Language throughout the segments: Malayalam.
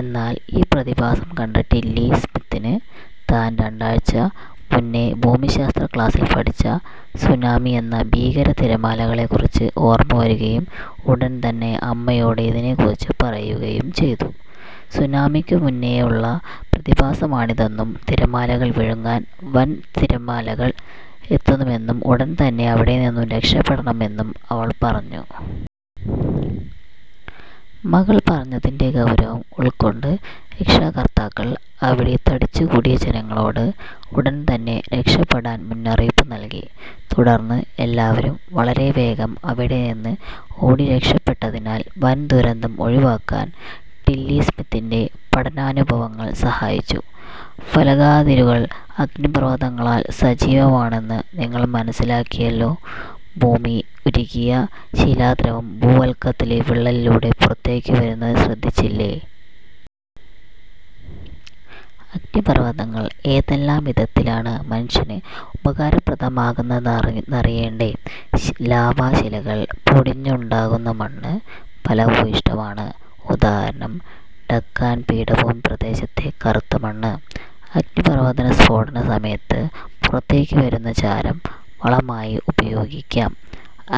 എന്നാൽ ഈ പ്രതിഭാസം കണ്ട ടില്ലി സ്മിത്തിന് താൻ രണ്ടാഴ്ച മുന്നേ ഭൂമിശാസ്ത്ര ക്ലാസിൽ പഠിച്ച സുനാമി എന്ന ഭീകര തിരമാലകളെക്കുറിച്ച് ഓർമ്മ വരുകയും ഉടൻ തന്നെ അമ്മയോട് ഇതിനെക്കുറിച്ച് പറയുകയും ചെയ്തു. സുനാമിക്കു മുന്നേയുളള പ്രതിഭാസമാണിതെന്നും തീരങ്ങൾ വിഴുങ്ങാൻ വൻ തിരമാലകൾ എത്തുമെന്നും ഉടനെ തന്നെ ഇവിടെ നിന്നും രക്ഷപ്പെടണമെന്നും അവൾ പറഞ്ഞു. മകൾ പറഞ്ഞതിന്റെ ഗൗരവം ഉൾക്കൊണ്ട് രക്ഷകർത്താക്കൾ അവിടെ തടിച്ചുകൂടിയ ജനങ്ങളോട് ഉടൻ തന്നെ രക്ഷപ്പെടാൻ മുന്നറിയിപ്പ് നൽകി. തുടർന്ന് എല്ലാവരും വളരെവേഗം അവിടെ നിന്ന് ഓടിരക്ഷപ്പെട്ടതിനാൽ വൻദുരന്തം ഒഴിവാക്കാൻ ടില്ലി സ്മിത്തിന്റെ പഠനാനുഭവങ്ങൾ സഹായിച്ചു. ഫലകാതിരുകൾ അഗ്നിപർവതങ്ങളാൽ സജീവമാണെന്ന് നിങ്ങൾ മനസ്സിലാക്കിയല്ലോ. ഉരുകിയ ശിലാദ്രവം ഭൂവൽക്കത്തിലെ വിള്ളലിലൂടെ പുറത്തേക്കു വരുന്നത് ശ്രദ്ധിച്ചില്ലേ. അഗ്നിപർവതങ്ങൾ ഏതെല്ലാം വിധത്തിലാണ് മനുഷ്യന് ഉപകാരപ്രദമാകുന്നതെന്നറിയേണ്ടേ? ലാവാശിലകൾ പൊടിഞ്ഞുണ്ടാകുന്ന മണ്ണ് ഫലഭൂയിഷ്ഠമാണ്. ഉദാഹരണം ഡക്കാൻ പീഠഭൂമി പ്രദേശത്തെ കറുത്തമണ്ണ്. അഗ്നിപർവതസ്ഫോടന സമയത്ത് പുറത്തേക്കു വരുന്ന ചാരം വളമായി ഉപയോഗിക്കാം.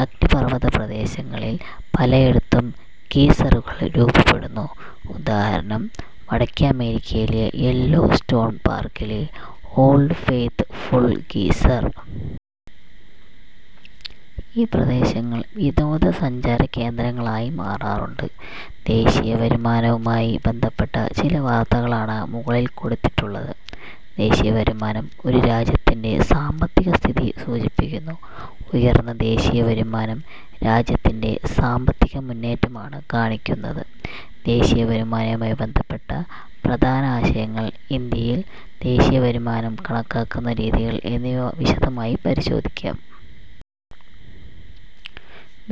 അഗ്നിപർവതപ്രദേശങ്ങളിൽ പലയിടത്തും ഗീസറുകൾ രൂപപ്പെടുന്നു. ഉദാഹരണം വടക്കെ അമേരിക്കയിലെ യെല്ലോ സ്റ്റോൺ പാർക്കിലെ ഓൾഡ് ഫെയ്ത് ഫുൾ ഗീസർ. ഈ പ്രദേശങ്ങൾ വിനോദ സഞ്ചാര കേന്ദ്രങ്ങളായി മാറാറുണ്ട്. ദേശീയവരുമാനവുമായി ബന്ധപ്പെട്ട ചില വാർത്തകളാണ് മുകളിൽ കൊടുത്തിട്ടുള്ളത്. ദേശീയവരുമാനം ഒരു രാജ്യത്തിന്റെ സാമ്പത്തികസ്ഥിതി സൂചിപ്പിക്കുന്നു. ഉയർന്ന ദേശീയ വരുമാനം രാജ്യത്തിന്റെ സാമ്പത്തികമുന്നേറ്റമാണ് കാണിക്കുന്നത്. ദേശീയവരുമാനവുമായി ബന്ധപ്പെട്ട പ്രധാനാശയങ്ങൾ, ഇന്ത്യയിൽ ദേശീയവരുമാനം കണക്കാക്കുന്ന രീതികൾ എന്നിവ വിശദമായി പരിശോധിക്കാം.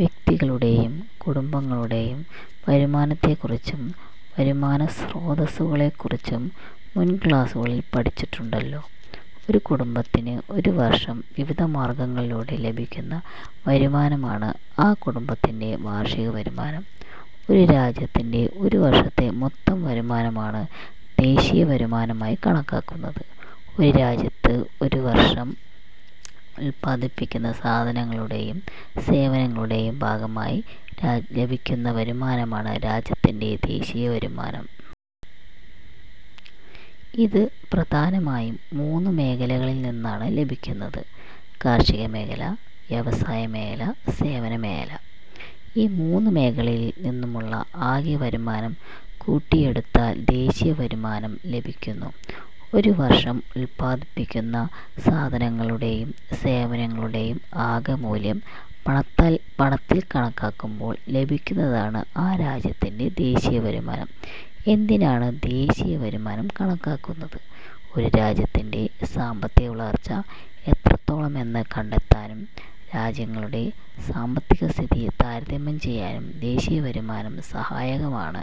വ്യക്തികളുടെയും കുടുംബങ്ങളുടെയും വരുമാനത്തെക്കുറിച്ചും വരുമാനസ്രോതസ്സുകളെക്കുറിച്ചും മുൻ ക്ലാസുകളിൽ പഠിച്ചിട്ടുണ്ടല്ലോ. ഒരു കുടുംബത്തിന് ഒരുവർഷം വിവിധ മാർഗങ്ങളിലൂടെ ലഭിക്കുന്ന വരുമാനമാണ് ആ കുടുംബത്തിന്റെ വാർഷികവരുമാനം. ഒരു രാജ്യത്തിന്റെ ഒരു വർഷത്തെ മൊത്തം വരുമാനമാണ് ദേശീയവരുമാനമായി കണക്കാക്കുന്നത്. ഒരു രാജ്യത്ത് ഒരു വർഷം ഉൽപ്പാദിപ്പിക്കുന്ന സാധനങ്ങളുടെയും സേവനങ്ങളുടെയും ഭാഗമായി ലഭിക്കുന്ന വരുമാനമാണ് രാജ്യത്തിന്റെ ദേശീയവരുമാനം. ഇത് പ്രധാനമായും മൂന്നു മേഖലകളിൽനിന്നാണ് ലഭിക്കുന്നത്. കാർഷികമേഖല, വ്യവസായമേഖല, സേവനമേഖല. ഈ മൂന്നു മേഖലകളിൽ നിന്നുമുള്ള ആകെ വരുമാനം കൂട്ടിയെടുത്താൽ ദേശീയവരുമാനം ലഭിക്കുന്നു. ഒരുവർഷം ഉൽപ്പാദിപ്പിക്കുന്ന സാധനങ്ങളുടെയും സേവനങ്ങളുടെയും ആകെ മൂല്യം പണത്തിൽ കണക്കാക്കുമ്പോൾ ലഭിക്കുന്നതാണ് ആ രാജ്യത്തിന്റെ ദേശീയവരുമാനം. എന്തിനാണ് ദേശീയവരുമാനം കണക്കാക്കുന്നത്? ഒരു രാജ്യത്തിന്റെ സാമ്പത്തികവളർച്ച എത്രത്തോളമെന്ന് കണ്ടെത്താനും രാജ്യങ്ങളുടെ സാമ്പത്തികസ്ഥിതി താരതമ്യം ചെയ്യാനും ദേശീയവരുമാനം സഹായകമാണ്.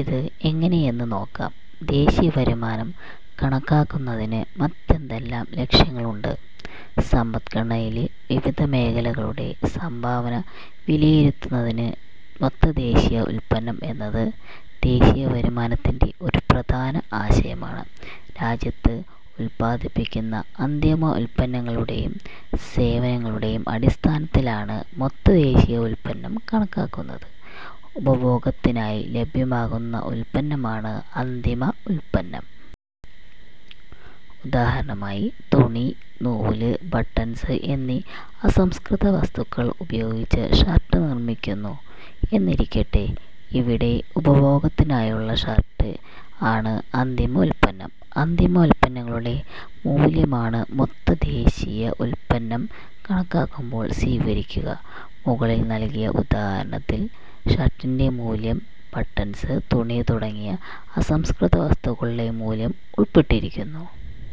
ഇത് എങ്ങനെയെന്നു നോക്കാം. ദേശീയവരുമാനം കണക്കാക്കുന്നതിന് മറ്റെന്തെല്ലാം ലക്ഷ്യങ്ങളുണ്ട്? സമ്പദ്ഘടനയിലെ വിവിധ മേഖലകളുടെ സംഭാവന വിലയിരുത്തുന്നതിന്. മൊത്ത ദേശീയ ഉൽപ്പന്നം എന്നത് ദേശീയവരുമാനത്തിന്റെ ഒരു പ്രധാന ആശയമാണ്. രാജ്യത്ത് ഉൽപ്പാദിപ്പിക്കുന്ന അന്തിമ ഉൽപ്പന്നങ്ങളുടെയും സേവനങ്ങളുടെയും അടിസ്ഥാനത്തിലാണ് മൊത്ത ദേശീയ ഉൽപ്പന്നം കണക്കാക്കുന്നത്. ഉപഭോഗത്തിനായി ലഭ്യമാകുന്ന ഉൽപ്പന്നമാണ് അന്തിമ ഉൽപ്പന്നം. ഉദാഹരണമായി, തുണി, നൂൽ, ബട്ടൺസ് എന്നീ അസംസ്കൃതവസ്തുക്കൾ ഉപയോഗിച്ച് ഷർട്ട് നിർമിക്കുന്നു എന്നിരിക്കട്ടെ. ഇവിടെ ഉപഭോഗത്തിനായുള്ള ഷർട്ട് ആണ് അന്തിമ ഉൽപ്പന്നം. അന്തിമ ഉൽപ്പന്നങ്ങളുടെ പണമൂല്യമാണ് മൊത്ത ദേശീയ ഉൽപ്പന്നം കണക്കാക്കുമ്പോൾ സ്വീകരിക്കുക. മുകളിൽ നൽകിയ ഉദാഹരണത്തിൽ ഷർട്ടിന്റെ മൂല്യത്തിൽ ബട്ടൻസ്, തുണി തുടങ്ങിയ അസംസ്കൃതവസ്തുക്കളുടെ മൂല്യവും ഉൾപ്പെട്ടിരിക്കുന്നു.